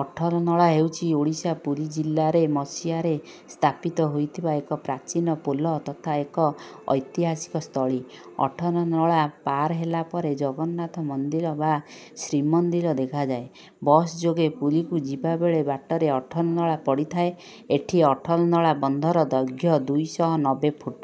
ଅଠରନଳା ହେଉଛି ଓଡ଼ିଶା ପୁରୀ ଜିଲ୍ଲାରେ ମସିହାରେ ସ୍ଥାପିତ ହୋଇଥିବା ଏକ ପ୍ରାଚୀନ ପୋଲ ତଥା ଏକ ଐତିହାସିକ ସ୍ଥଳୀ। ଅଠରନଳା ପାର ହେଲା ପରେ ଜଗନ୍ନାଥ ମନ୍ଦିର ବା ଶ୍ରୀମନ୍ଦିର ଦେଖାଯାଏ। ବସ୍ ଯୋଗେ ପୁରୀକୁ ଯିବା ବେଳେ ବାଟରେ ଅଠରନଳା ପଡ଼ିଥାଏ। ଏହି ଅଠରନଳା ବନ୍ଧର ଦୈର୍ଘ୍ୟ ଦୁଇ ଶହ ନବେ ଫୁଟ।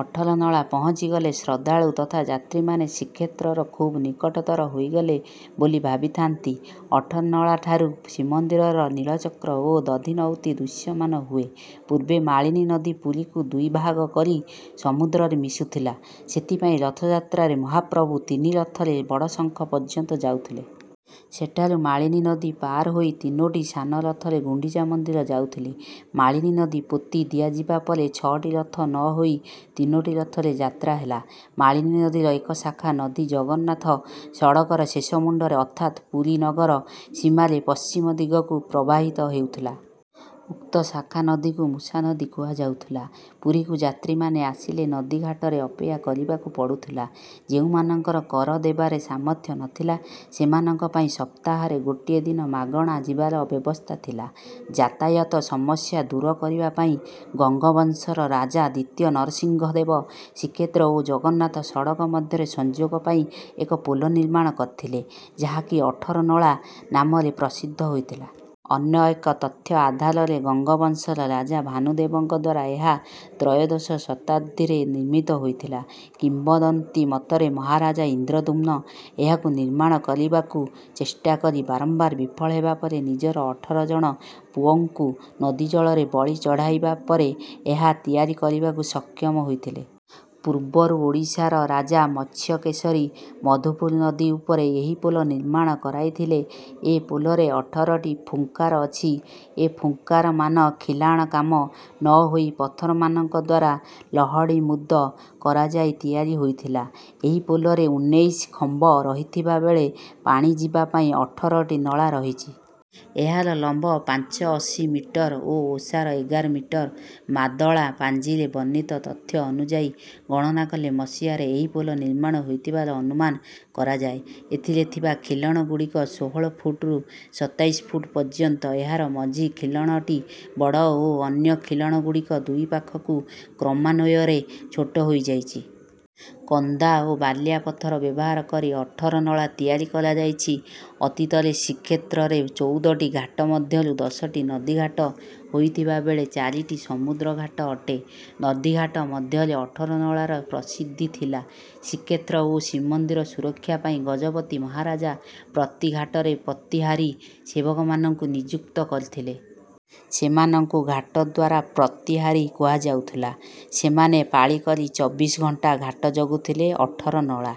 ଅଠରନଳା ପହଞ୍ଚିଗଲେ ଶ୍ରଦ୍ଧାଳୁ ତଥା ଯାତ୍ରୀମାନେ ଶ୍ରୀକ୍ଷେତ୍ରର ଖୁବ୍ ନିକଟତର ହୋଇଗଲେ ବୋଲି ଭାବିଥାନ୍ତି। ଅଠରନଳାଠାରୁ ଶ୍ରୀମନ୍ଦିରର ନୀଳଚକ୍ର ଓ ଦଧିନଉତି ଦୃଶ୍ୟମାନ ହୁଏ। ପୂର୍ବେ ମାଳିନୀ ନଦୀ ପୁରୀକୁ ଦୁଇ ଭାଗ କରି ସମୁଦ୍ରରେ ମିଶୁଥିଲା। ସେଥିପାଇଁ ରଥଯାତ୍ରାରେ ମହାପ୍ରଭୁ ତିନି ରଥରେ ବଡ଼ଶଙ୍ଖ ପର୍ଯ୍ୟନ୍ତ ଯାଉଥିଲେ। ସେଠାରୁ ମାଳିନୀ ନଦୀ ପାର ହୋଇ ତିନୋଟି ସାନ ରଥରେ ଗୁଣ୍ଡିଚା ମନ୍ଦିର ଯାଉଥିଲେ। ମାଳିନୀ ନଦୀ ପୋତି ଦିଆଯିବା ପରେ ଛଅଟି ରଥ ନ ହୋଇ ତିନୋଟି ରଥରେ ଯାତ୍ରା ହେଲା। ମାଳିନୀ ନଦୀର ଏକ ଶାଖା ନଦୀ ଜଗନ୍ନାଥ ସଡ଼କର ଶେଷ ମୁଣ୍ଡରେ ଅର୍ଥାତ୍ ପୁରୀ ନଗର ସୀମାରେ ପଶ୍ଚିମ ଦିଗକୁ ପ୍ରବାହିତ ହେଉଥିଲା। ଉକ୍ତ ଶାଖା ନଦୀକୁ ମୁଷା ନଦୀ କୁହାଯାଉଥିଲା। ପୁରୀକୁ ଯାତ୍ରୀମାନେ ଆସିଲେ ନଦୀଘାଟରେ ଅପେକ୍ଷା କରିବାକୁ ପଡ଼ୁଥିଲା। ଯେଉଁମାନଙ୍କର କର ଦେବାରେ ସାମର୍ଥ୍ୟ ନଥିଲା, ସେମାନଙ୍କ ପାଇଁ ସପ୍ତାହରେ ଗୋଟିଏ ଦିନ ମାଗଣା ଯିବାର ବ୍ୟବସ୍ଥା ଥିଲା। ଯାତାୟାତ ସମସ୍ୟା ଦୂର କରିବା ପାଇଁ ଗଙ୍ଗବଂଶର ରାଜା ଦ୍ୱିତୀୟ ନରସିଂହଦେବ ଶ୍ରୀକ୍ଷେତ୍ର ଓ ଜଗନ୍ନାଥ ସଡ଼କ ମଧ୍ୟରେ ସଂଯୋଗ ପାଇଁ ଏକ ପୋଲ ନିର୍ମାଣ କରିଥିଲେ, ଯାହାକି ଅଠରନଳା ନାମରେ ପ୍ରସିଦ୍ଧ ହୋଇଥିଲା। ଅନ୍ୟ ଏକ ତଥ୍ୟ ଆଧାରରେ ଗଙ୍ଗବଂଶର ରାଜା ଭାନୁଦେବଙ୍କ ଦ୍ୱାରା ଏହା ତ୍ରୟୋଦଶ ଶତାବ୍ଦୀରେ ନିର୍ମିତ ହୋଇଥିଲା। କିମ୍ବଦନ୍ତୀ ମତରେ ମହାରାଜା ଇନ୍ଦ୍ରଦ୍ୟୁମ୍ନ ଏହାକୁ ନିର୍ମାଣ କରିବାକୁ ଚେଷ୍ଟା କରି ବାରମ୍ବାର ବିଫଳ ହେବା ପରେ ନିଜର ଅଠର ଜଣ ପୁଅଙ୍କୁ ନଦୀ ଜଳରେ ବଳି ଚଢ଼ାଇବା ପରେ ଏହା ତିଆରି କରିବାକୁ ସକ୍ଷମ ହୋଇଥିଲେ। ପୂର୍ବରୁ ଓଡ଼ିଶାର ରାଜା ମତ୍ସ୍ୟକେଶରୀ ମଧୁପୁର ନଦୀ ଉପରେ ଏହି ପୋଲ ନିର୍ମାଣ କରାଇଥିଲେ। ଏ ପୋଲରେ ଅଠରଟି ଫୁକାର ଅଛି। ଏ ଫୁକାରମାନ ଖିଲାଣକାମ ନ ହୋଇ ପଥରମାନଙ୍କ ଦ୍ୱାରା ଲହଡ଼ିମୁଦ କରାଯାଇ ତିଆରି ହୋଇଥିଲା। ଏହି ପୋଲରେ ଉନେଇଶ ଖମ୍ବ ରହିଥିବା ବେଳେ ପାଣି ଯିବା ପାଇଁ ଅଠରଟି ନଳା ରହିଛି। ଏହାର ଲମ୍ବ ପାଞ୍ଚଅଶୀ ମିଟର ଓ ଓସାର ଏଗାର ମିଟର। ମାଦଳା ପାଞ୍ଜିରେ ବର୍ଣ୍ଣିତ ତଥ୍ୟ ଅନୁଯାୟୀ ଗଣନା କଲେ ମସିହାରେ ଏହି ପୋଲ ନିର୍ମାଣ ହୋଇଥିବାର ଅନୁମାନ କରାଯାଏ। ଏଥିରେ ଥିବା ଖିଲଣଗୁଡ଼ିକ ଷୋହଳ ଫୁଟରୁ ସତାଇଶ ଫୁଟ ପର୍ଯ୍ୟନ୍ତ। ଏହାର ମଝି ଖିଲଣଟି ବଡ଼ ଓ ଅନ୍ୟ ଖିଲଣଗୁଡ଼ିକ ଦୁଇପାଖକୁ କ୍ରମାନ୍ୱୟରେ ଛୋଟ ହୋଇଯାଇଛି। କନ୍ଦା ଓ ବାଲିଆ ପଥର ବ୍ୟବହାର କରି ଅଠରନଳା ତିଆରି କରାଯାଇଛି। ଅତୀତରେ ଶ୍ରୀକ୍ଷେତ୍ରରେ ଚଉଦଟି ଘାଟ ମଧ୍ୟରୁ ଦଶଟି ନଦୀଘାଟ ହୋଇଥିବା ବେଳେ ଚାରିଟି ସମୁଦ୍ରଘାଟ ଅଟେ। ନଦୀଘାଟ ମଧ୍ୟରୁ ଅଠରନଳାର ପ୍ରସିଦ୍ଧି ଥିଲା। ଶ୍ରୀକ୍ଷେତ୍ର ଓ ଶ୍ରୀମନ୍ଦିର ସୁରକ୍ଷା ପାଇଁ ଗଜପତି ମହାରାଜା ପ୍ରତି ଘାଟରେ ପ୍ରତିହାରୀ ସେବକମାନଙ୍କୁ ନିଯୁକ୍ତ କରିଥିଲେ। ସେମାନଙ୍କୁ ଘାଟଦ୍ୱାର ପ୍ରତିହାରୀ କୁହାଯାଉଥିଲା। ସେମାନେ ପାଳି କରି ଚବିଶ ଘଣ୍ଟା ଘାଟ ଜଗୁଥିଲେ। ଅଠରନଳା।